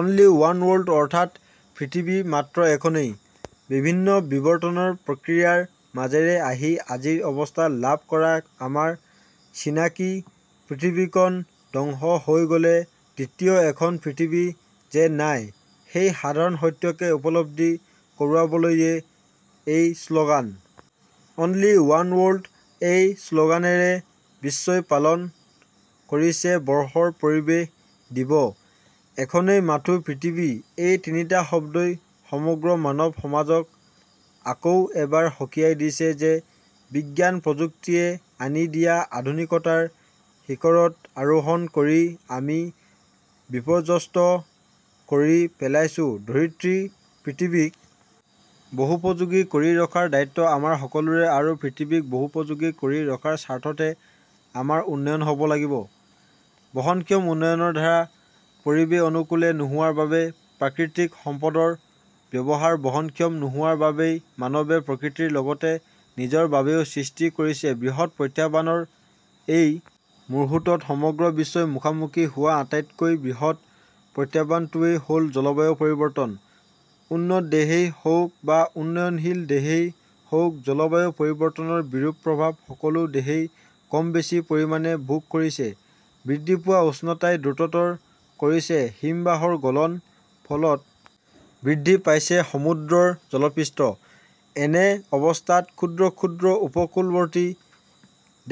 Only one world অৰ্থাৎ পৃথিৱী মাত্ৰ এখনেই। বিভিন্ন বিবৰ্তনৰ প্ৰক্ৰিয়াৰ মাজেৰে আহি আজিৰ অৱস্থা লাভ কৰা আমাৰ চিনাকি পৃথিৱীখন ধ্বংস হৈ গলে দ্বিতীয় এখন পৃথিৱী যে নাই, সেই সাধাৰণ সত্যকে উপলব্ধি কৰোৱাবলৈয়ে এই শ্লগান। অনলি ৱান ৱৰ্ল্ড এই শ্লগানেৰে বিশ্বই পালন কৰিছে বৰ্ষৰ পৰিৱেশ দিৱস। এখনেই মাথো পৃথিৱী- এই তিনিটা শব্দই সমগ্ৰ মানৱ সমাজক আকৌ এবাৰ সকীয়াই দিছে যে বিজ্ঞান প্ৰযুক্তিয়ে আনি দিয়া আধুনিকতাৰ শিখৰত আৰোহণ কৰি আমি বিপৰ্যস্ত কৰি পেলাইছোঁ ধৰিত্ৰী। পৃথিৱীক বাসোপযোগী কৰি ৰখাৰ দায়িত্ব আমাৰ সকলোৰে আৰু পৃথিৱীক বাসোপযোগী কৰি ৰখাৰ স্বাৰ্থতে আমাৰ উন্নয়ন হব লাগিব। বহনক্ষম উন্নয়নৰ ধাৰা পৰিৱেশ অনুকূলে নোহোৱাৰ বাবে, প্ৰাকৃতিক সম্পদৰ ব্যৱহাৰ বহনক্ষম নোহোৱাৰ বাবেই মানৱে প্ৰকৃতিৰ লগতে নিজৰ বাবেও সৃষ্টি কৰিছে বৃহৎ প্ৰত্যাহ্বানৰ। এই মুহূৰ্তত সমগ্ৰ বিশ্বই মুখামুখি হোৱা আটাইতকৈ বৃহৎ প্ৰত্যাহ্বানটোৱেই হল জলবায়ু পৰিৱৰ্তন। উন্নত দেশেই হওক বা উন্নয়নশীল দেশেই হওক জলবায়ু পৰিৱৰ্তনৰ বিৰূপ প্ৰভাৱ সকলো দেশেই কম বেছি পৰিমাণে ভোগ কৰিছে। বৃদ্ধি পোৱা উষ্ণতাই দ্ৰুততৰ কৰিছে হিমবাহৰ গলন। ফলত বৃদ্ধি পাইছে সমুদ্ৰৰ জলপৃষ্ঠ। এনে অৱস্থাত ক্ষুদ্ৰ ক্ষুদ্ৰ উপকূলৱৰ্তী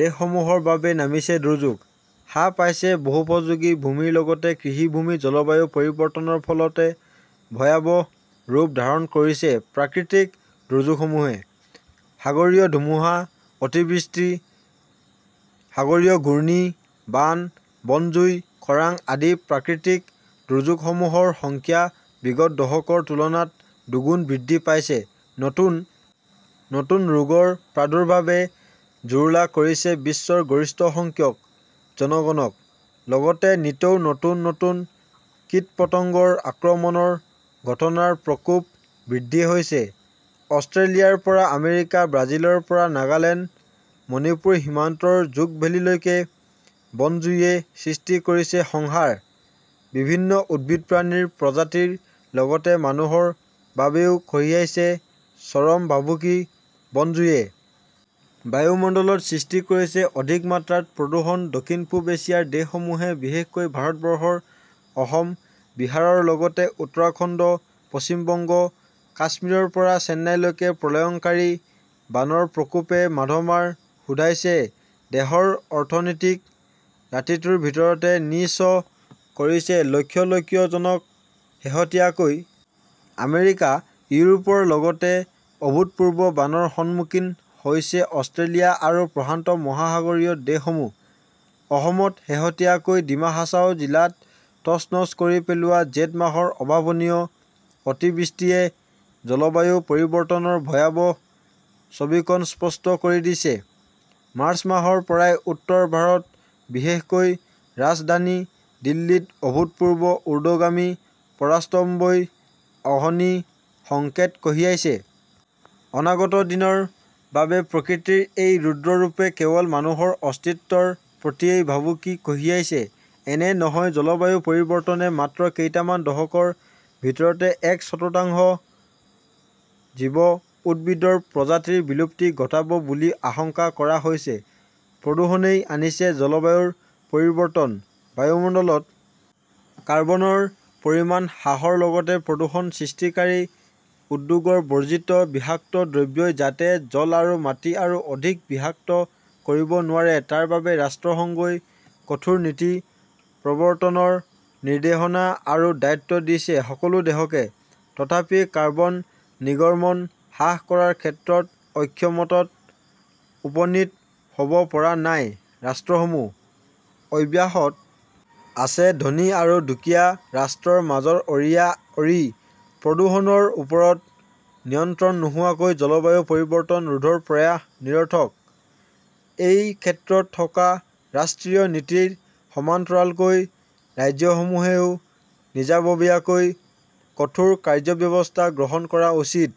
দেশসমূহৰ বাবে নামিছে দুৰ্যোগ। হ্ৰাস পাইছে বাসোপযোগী ভূমিৰ লগতে কৃষি ভূমি। জলবায়ু পৰিৱৰ্তনৰ ফলতে ভয়াৱহ ৰূপ ধাৰণ কৰিছে প্ৰাকৃতিক দুৰ্যোগসমূহে। সাগৰীয় ধুমুহা, অতিবৃষ্টি, সাগৰীয় ঘূৰ্ণী, বান, বনজুই, খৰাং আদি প্ৰাকৃতিক দুৰ্যোগসমূহৰ সংখ্যা বিগত দশকৰ তুলনাত দুগুণ বৃদ্ধি পাইছে। নতুন নতুন ৰোগৰ প্ৰাদূৰ্ভাৱে জুৰুলা কৰিছে বিশ্বৰ গৰিষ্ঠসংখ্যক জনগণক। লগতে নিতৌ নতুন নতুন কীটপতঙ্গৰ আক্ৰমণৰ ঘটনাৰ প্ৰকোপ বৃদ্ধি হৈছে। অষ্ট্ৰেলিয়াৰ পৰা আমেৰিকা, ব্ৰাজিলৰ পৰা নাগালেণ্ড মণিপুৰ সীমান্তৰ জুকভেলীলৈকে বনজুয়ে সৃষ্টি কৰিছে সংহাৰ। বিভিন্ন উদ্ভিদপ্ৰাণীৰ প্ৰজাতিৰ লগতে মানুহৰ বাবেও কঢ়িয়াইছে চৰম ভাবুকি। বনজুয়ে বায়ুমণ্ডলত সৃষ্টি কৰিছে অধিক মাত্ৰাত প্ৰদূষণ। দক্ষিণ পূব এছিয়াৰ দেশসমূহে বিশেষকৈ ভাৰতবৰ্ষৰ অসম, বিহাৰৰ লগতে উত্তৰাখণ্ড, পশ্চিম বংগ, কাশ্মীৰৰ পৰা চেন্নাইলৈকে প্ৰলয়ংকাৰী বানৰ প্ৰকোপে মাধমাৰ শোধাইছে দেশৰ অৰ্থনীতিক। ৰাতিটোৰ ভিতৰতে নি:স্ব কৰিছে লক্ষ লক্ষ জনক। শেহতীয়াকৈ আমেৰিকা, ইউৰোপৰ লগতে অভূতপূৰ্ব বানৰ সন্মুখীন হৈছে অষ্ট্ৰেলিয়া আৰু প্ৰশান্ত মহাসাগৰীয় দেশসমূহ। অসমত শেহতীয়াকৈ ডিমা হাছাও জিলাত তচনচ কৰি পেলোৱা জেঠ মাহৰ অভাৱনীয় অতিবৃষ্টিয়ে জলবায়ু পৰিৱৰ্তনৰ ভয়াৱহ ছবিখন স্পষ্ট কৰি দিছে। মাৰ্চ মাহৰ পৰাই উত্তৰ ভাৰত বিশেষকৈ ৰাজধানী দিল্লীত অভূতপূৰ্ব উৰ্দ্ধগামী পাৰাস্তম্ভই অশনি সংকেত কঢ়িয়াইছে। অনাগত দিনৰ বাবে প্ৰকৃতিৰ এই ৰুদ্ৰ ৰূপে কেৱল মানুহৰ অস্তিত্বৰ প্ৰতিয়েই ভাবুকি কঢ়িয়াইছে এনে নহয়, জলবায়ু পৰিৱৰ্তনে মাত্ৰ কেইটামান দশকৰ ভিতৰতে এক চতুৰ্থাংশ জীৱ, উদ্ভিদৰ প্ৰজাতিৰ বিলুপ্তি ঘটাব বুলি আশংকা কৰা হৈছে। প্ৰদূষণেই আনিছে জলবায়ুৰ পৰিৱৰ্তন। বায়ুমণ্ডলত কাৰ্বনৰ পৰিমাণ হ্ৰাসৰ লগতে প্ৰদূষণ সৃষ্টিকাৰী উদ্যোগৰ বৰ্জিত বিষাক্ত দ্ৰব্যই যাতে জল আৰু মাটি আৰু অধিক বিষাক্ত কৰিব নোৱাৰে তাৰ বাবে ৰাষ্ট্ৰসংঘই কঠোৰ নীতি প্ৰবৰ্তনৰ নিৰ্দেশনা আৰু দায়িত্ব দিছে সকলো দেশকে। তথাপি কাৰ্বন নিগৰ্মন হ্ৰাস কৰাৰ ক্ষেত্ৰত ঐক্যমতত উপনীত হ'ব পৰা নাই ৰাষ্ট্ৰসমূহ। অব্যাহত আছে ধনী আৰু দুখীয়া ৰাষ্ট্ৰৰ মাজৰ অঁৰিয়া অঁৰি। প্ৰদূষণৰ ওপৰত নিয়ন্ত্ৰণ নোহোৱাকৈ জলবায়ু পৰিৱৰ্তন ৰোধৰ প্ৰয়াস নিৰৰ্থক। এই ক্ষেত্ৰত থকা ৰাষ্ট্ৰীয় নীতিৰ সমান্তৰালকৈ ৰাজ্যসমূহেও নিজাববীয়াকৈ কঠোৰ কাৰ্যব্যৱস্থা গ্ৰহণ কৰা উচিত।